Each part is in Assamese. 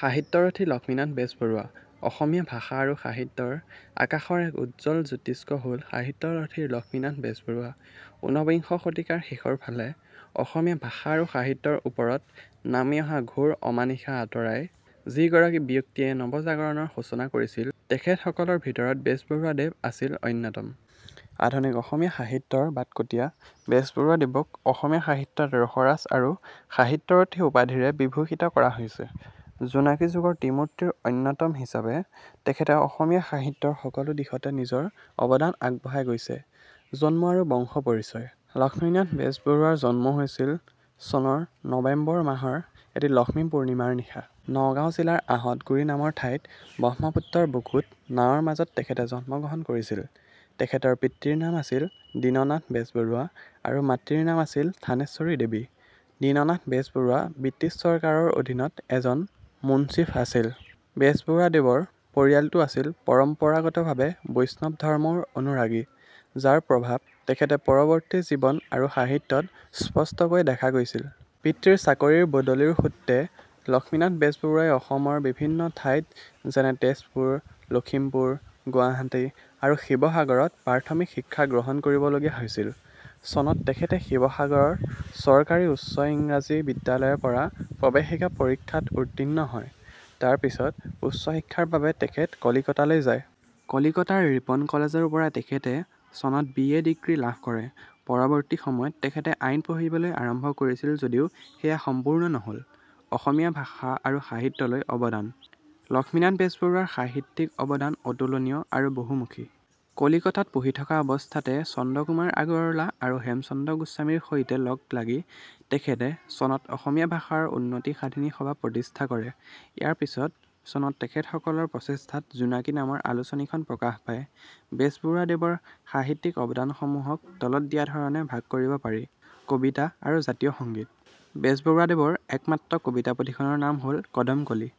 সাহিত্যৰথী লক্ষ্মীনাথ বেজবৰুৱা অসমীয়া ভাষা আৰু সাহিত্যৰ আকাশৰ এক উজ্জ্বল জ্যোতিষ্ক হ'ল সাহিত্যৰথী লক্ষ্মীনাথ বেজবৰুৱা। উনবিংশ শতিকাৰ শেষৰফালে অসমীয়া ভাষা আৰু সাহিত্যৰ ওপৰত নামি অহা ঘোৰ অমানিশা আঁতৰাই যিগৰাকী ব্যক্তিয়ে নৱজাগৰণৰ সূচনা কৰিছিল, তেখেতসকলৰ ভিতৰত বেজবৰুৱাদেৱ আছিল অন্যতম। আধুনিক অসমীয়া সাহিত্যৰ বাটকটীয়া বেজবৰুৱাদেৱক অসমীয়া সাহিত্যত 'ৰসৰাজ' আৰু 'সাহিত্যৰথী' উপাধিৰে বিভূষিত কৰা হৈছে। 'জোনাকী যুগ'ৰ ত্ৰিমূৰ্তিৰ অন্যতম হিচাপে তেখেতে অসমীয়া সাহিত্যৰ সকলো দিশতে নিজৰ অৱদান আগবঢ়াই গৈছে। জন্ম আৰু বংশ পৰিচয়: লক্ষ্মীনাথ বেজবৰুৱাৰ জন্ম হৈছিল চনৰ নৱেম্বৰ মাহৰ এটি লক্ষ্মী পূৰ্ণিমাৰ নিশা। নগাঁও জিলাৰ আঁহতগুৰি নামৰ ঠাইত ব্ৰহ্মপুত্ৰৰ বুকুত নাওৰ মাজত তেখেতে জন্মগ্ৰহণ কৰিছিল। তেখেতৰ পিতৃৰ নাম আছিল দীননাথ বেজবৰুৱা আৰু মাতৃৰ নাম আছিল ঠানেশ্বৰী দেৱী। দীননাথ বেজবৰুৱা বৃটিছ চৰকাৰৰ অধীনত এজন মুন্সিফ আছিল। বেজবৰুৱাদেৱৰ পৰিয়ালটো আছিল পৰম্পৰাগতভাৱে বৈষ্ণৱ ধৰ্মৰ অনুৰাগী, যাৰ প্ৰভাৱ তেখেতৰ পৰৱৰ্তী জীৱন আৰু সাহিত্যত স্পষ্টকৈ দেখা গৈছিল। পিতৃৰ চাকৰিৰ বদলিৰ সূত্ৰে লক্ষ্মীনাথ বেজবৰুৱাই অসমৰ বিভিন্ন ঠাইত যেনে- তেজপুৰ, লখিমপুৰ, গুৱাহাটী আৰু শিৱসাগৰত প্ৰাথমিক শিক্ষা গ্ৰহণ কৰিবলগীয়া হৈছিল। চনত তেখেতে শিৱসাগৰ চৰকাৰী উচ্চ ইংৰাজী বিদ্যালয়ৰ পৰা প্ৰৱেশিকা পৰীক্ষাত উত্তীৰ্ণ হয়। তাৰ পিছত উচ্চ শিক্ষাৰ বাবে তেখেত কলিকতালৈ যায়। কলিকতাৰ ৰিপন কলেজৰ পৰা তেখেতে চনত বি. এ. ডিগ্ৰী লাভ কৰে। পৰৱৰ্তী সময়ত তেখেতে আইন পঢ়িবলৈ আৰম্ভ কৰিছিল যদিও সেয়া সম্পূৰ্ণ নহ'ল। অসমীয়া ভাষা আৰু সাহিত্যলৈ অৱদান: লক্ষ্মীনাথ বেজবৰুৱাৰ সাহিত্যিক অৱদান অতুলনীয় আৰু বহুমুখী। কলিকতাত পঢ়ি থকা অৱস্থাতে চন্দ্ৰকুমাৰ আগৰৱালা আৰু হেমচন্দ্ৰ গোস্বামীৰ সৈতে লগ লাগি তেখেতে চনত 'অসমীয়া ভাষা উন্নতি সাধিনী সভা' প্ৰতিষ্ঠা কৰে। ইয়াৰ পিছতে চনত তেখেতসকলৰ প্ৰচেষ্টাত 'জোনাকী' নামৰ আলোচনীখন প্ৰকাশ পায়। বেজবৰুৱাদেৱৰ সাহিত্যিক অৱদানসমূহক তলত দিয়া ধৰণে ভাগ কৰিব পাৰি: কবিতা আৰু জাতীয় সংগীত: বেজবৰুৱাদেৱৰ একমাত্ৰ কবিতা পুথিখনৰ নাম হ'ল 'কদমকলি'।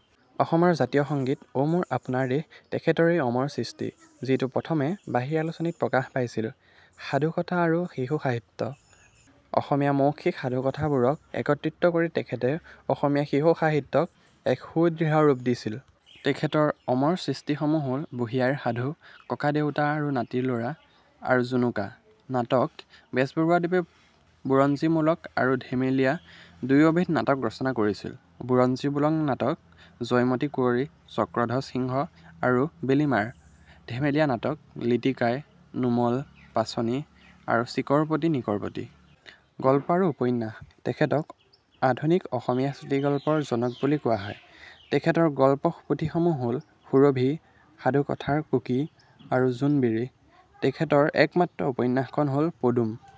অসমৰ জাতীয় সংগীত "অ' মোৰ আপোনাৰ দেশ" তেখেতৰেই অমৰ সৃষ্টি, যিটো প্ৰথমে 'বাঁহী' আলোচনীত প্ৰকাশ পাইছিল। সাধুকথা আৰু শিশু সাহিত্য: অসমীয়া মৌখিক সাধুকথাবোৰক একত্ৰিত কৰি তেখেতে অসমীয়া শিশু সাহিত্যক এক সুদৃঢ় ৰূপ দিছিল। তেখেতৰ অমৰ সৃষ্টিসমূহ হ'ল— 'বুঢ়ী আইৰ সাধু', 'ককাদেউতা আৰু নাতিল'ৰা', আৰু 'জুনুকা'। নাটক: বেজবৰুৱাদেৱে বুৰঞ্জীমূলক আৰু ধেমেলীয়া— দুয়োবিধ নাটক ৰচনা কৰিছিল। বুৰঞ্জীমূলক নাটক: 'জয়মতী কুঁৱৰী', 'চক্ৰধ্বজ সিংহ' আৰু 'বেলিমাৰ'। ধেমেলীয়া নাটক: 'লিটিকাই', 'নুমল', 'পাচনি', আৰু 'চিকৰপতি নিকৰপতি'। গল্প আৰু উপন্যাস: তেখেতক আধুনিক অসমীয়া চুটিগল্পৰ জনক বুলি কোৱা হয়। তেখেতৰ গল্প পুথিসমূহ হ'ল— 'সুৰভি', 'সাধুকথাৰ কুঁকি', আৰু 'জোনবিৰি'। তেখেতৰ একমাত্ৰ উপন্যাসখন হ'ল 'পদুম